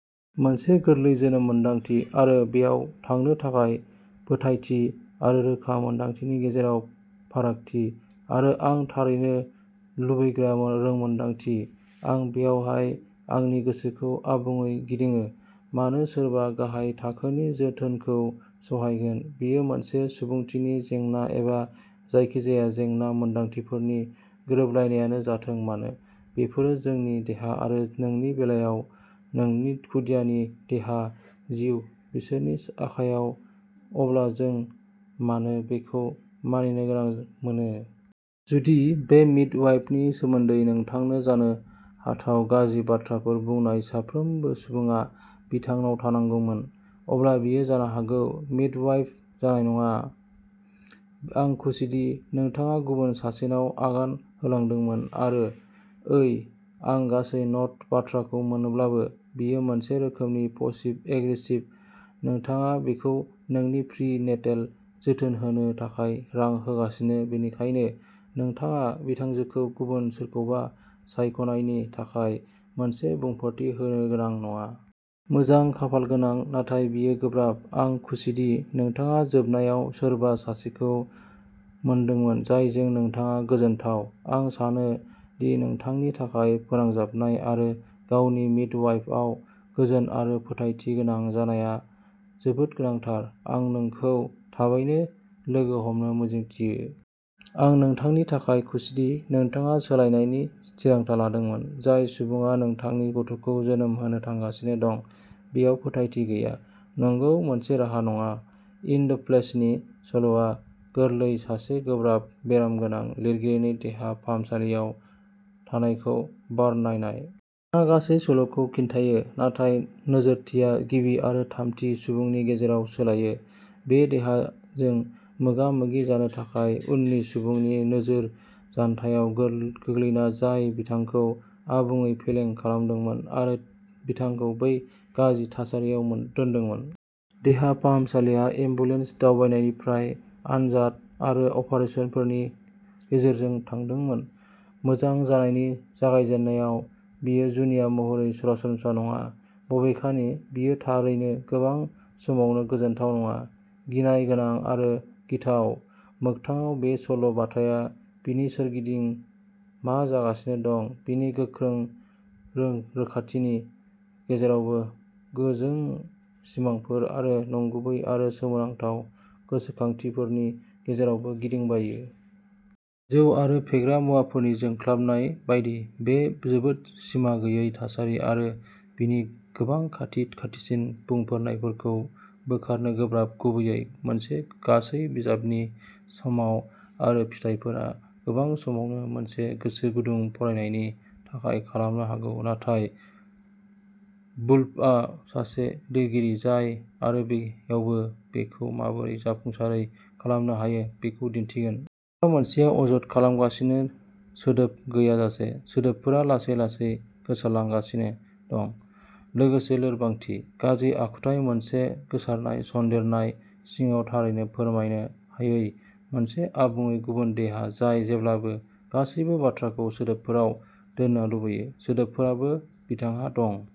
मोनसे गोरलै जोनोम मोन्दांथि आरो बेयाव थांनो थाखाय फोथायथि आरो रोखा मोन्दांथिनि गेजेराव फारागथि, आरो आं थारैनो लुबैग्रा रोंमोनदांथि। आं बेवहाय आंनि गोसोखौ आबुङै गिदिङो, मानो सोरबा गाहाय थाखोनि जोथोनखौ सहायगोन? बेयो मोनसे सुबुंथिनि जेंना एबा जायखिजाया जेंना मोन्दांथिफोरनि गोरोबलायनायानो जाथों मानो, बेफोरो जोंनि देहा आरो नोंनि बेलायाव, नोंनि खुदियानि देहा, जिउ, बिसोरनि आखायाव अब्ला जों मानो बेखौ मानिनो गोनां मोनो? जुदि बे मिडवाइफनि सोमोन्दै नोंथांनो जानो हाथाव गाज्रि बाथ्राफोर बुंनाय साफ्रोमबो सुबुङा बिथांनाव थांनांगौमोन, अब्ला बियो जानो हागौ मिडवाइफ जानाय नङा। आं खुसिदि नोंथाङा गुबुन सासेनाव आगान होलांदोंमोन। आरो ओइ, आं गासै न'ट बाथ्राखौ मोनोब्लाबो, बेयो मोनसे रोखोमनि पासिव एग्रेसिव, नोंथाङा बिखौ नोंनि प्रि नेटेल जोथोन होनो थाखाय रां होगासिनो बेनिखायनो, नोंथाङा बिथांजोखौ गुबुन सोरखौबा सायख'नायनि थाखाय मोनसे बुंफोरथि होनो गोनां नङा। मोजां खाफालगोनां, नाथाय बेयो गोब्राब। आं खुसिदि नोंथाङा जोबनायाव सोरबा सासेखौ मोनदोंमोन जायजों नोंथाङा गोजोनथाव। आं सानो दि नोंथांनि थाखाय फोनांजाबनाय आरो गावनि मिडवाइफआव गोजोन आरो फोथायथि गोनां जानाया जोबोद गोनांथार। आं नोंखौ थाबैनो लोगो हमनो मिजिंथियो। आं नोंथांनि थाखाय खुसिदि नोंथाङा सोलायनायनि थिरांथा लादोंमोन। जाय सुबुङा नोंथांनि गथ'खौ जोनोम होनो थांगासिनो दं, बेयाव फोथायथि गैया? नंगौ, मोनसे राहा नङा। इन द फ्लेशनि सल'आ गोरलै, सासे गोब्राब बेरामगोनां लिरगिरिनि देहा फाहामसालियाव थानायखौ बरनायनाय। बिथाङा गासै सल'खौ खिन्थायो, नाथाय नोजोरथिया गिबि आरो थामथि सुबुंनि गेजेराव सोलायो, बे देहाजों मोगा मोगि जानो थाखाय उननि सुबुंनि गोजोर जानथायाव गोग्लैना, जाय बिथांखौ आबुङै फेलें खालामदोंमोन आरो बिथांखौ बे गाज्रि थासारियाव दोनदोंमोन। देहा फाहामसालिया एम्बुलेन्स दावबायनायनिफ्राय आनजाद आरो अपारेसनफोरनि गेजेरजों थादोंमोन। मोजां जानायनि जागायजेन्नायाव, बेयो जुनिया महरै सरासनस्रा नङा, बबेखानि बेयो थारैनो गोबां समावनो गोजोनथाव नङा, गिनाय गोनां आरो गिथाव। मोगथाङाव बे सल' बाथाया बिनि सोरगिदिं मा जागासिनो दं बिनि गोख्रों रोखाथिनि गेजेरावबो गोजों सिमांफोर आरो नंगुबै आरो सोमोनांथाव गोसोखांथिफोरनि गेजेरावबो गिदिंबोयो। जौ आरो फेग्रा मुवाफोरनि जोंख्लाबनाय बायदि, बे जोबोद सिमा गैयै थासारि आरो बेनि गोबां खाथि खाथिसिन बुंफोरनायफोरखौ बोखारनो गोब्राब गुबैयै मोनसे गासै बिजाबनि समाव आरो फिथायफोरा गोबां समावनो मोनसे गोसो गुदुं फरायनायनि थाखाय खालामनो हागौ, नाथाय वुल्फआ सासे लिरगिरि जाय आरो बेयावबो बेखौ माबोरै जाफुंसारै खालामनो हायो बेखौ दिन्थिगोन। माबा मोनसेआ अजद खालामगासिनो, सोदोब गैयाजासे। सोदोबफोरा लासै लासै गोसारलांगासिनो दं, लोगोसे लोरबांथि। गाज्रि आखुथाय मोनसे गोसारनाय सन्देरनाय सिङाव थारैनो फोरमायनो हायै, मोनसे आबुङै गुबुन देहा जाय जेब्लाबो गासैबो बाथ्राखौ सोदोबफोराव दोननो लुबैयो। सोदोबफोराबो बिथांहा दं।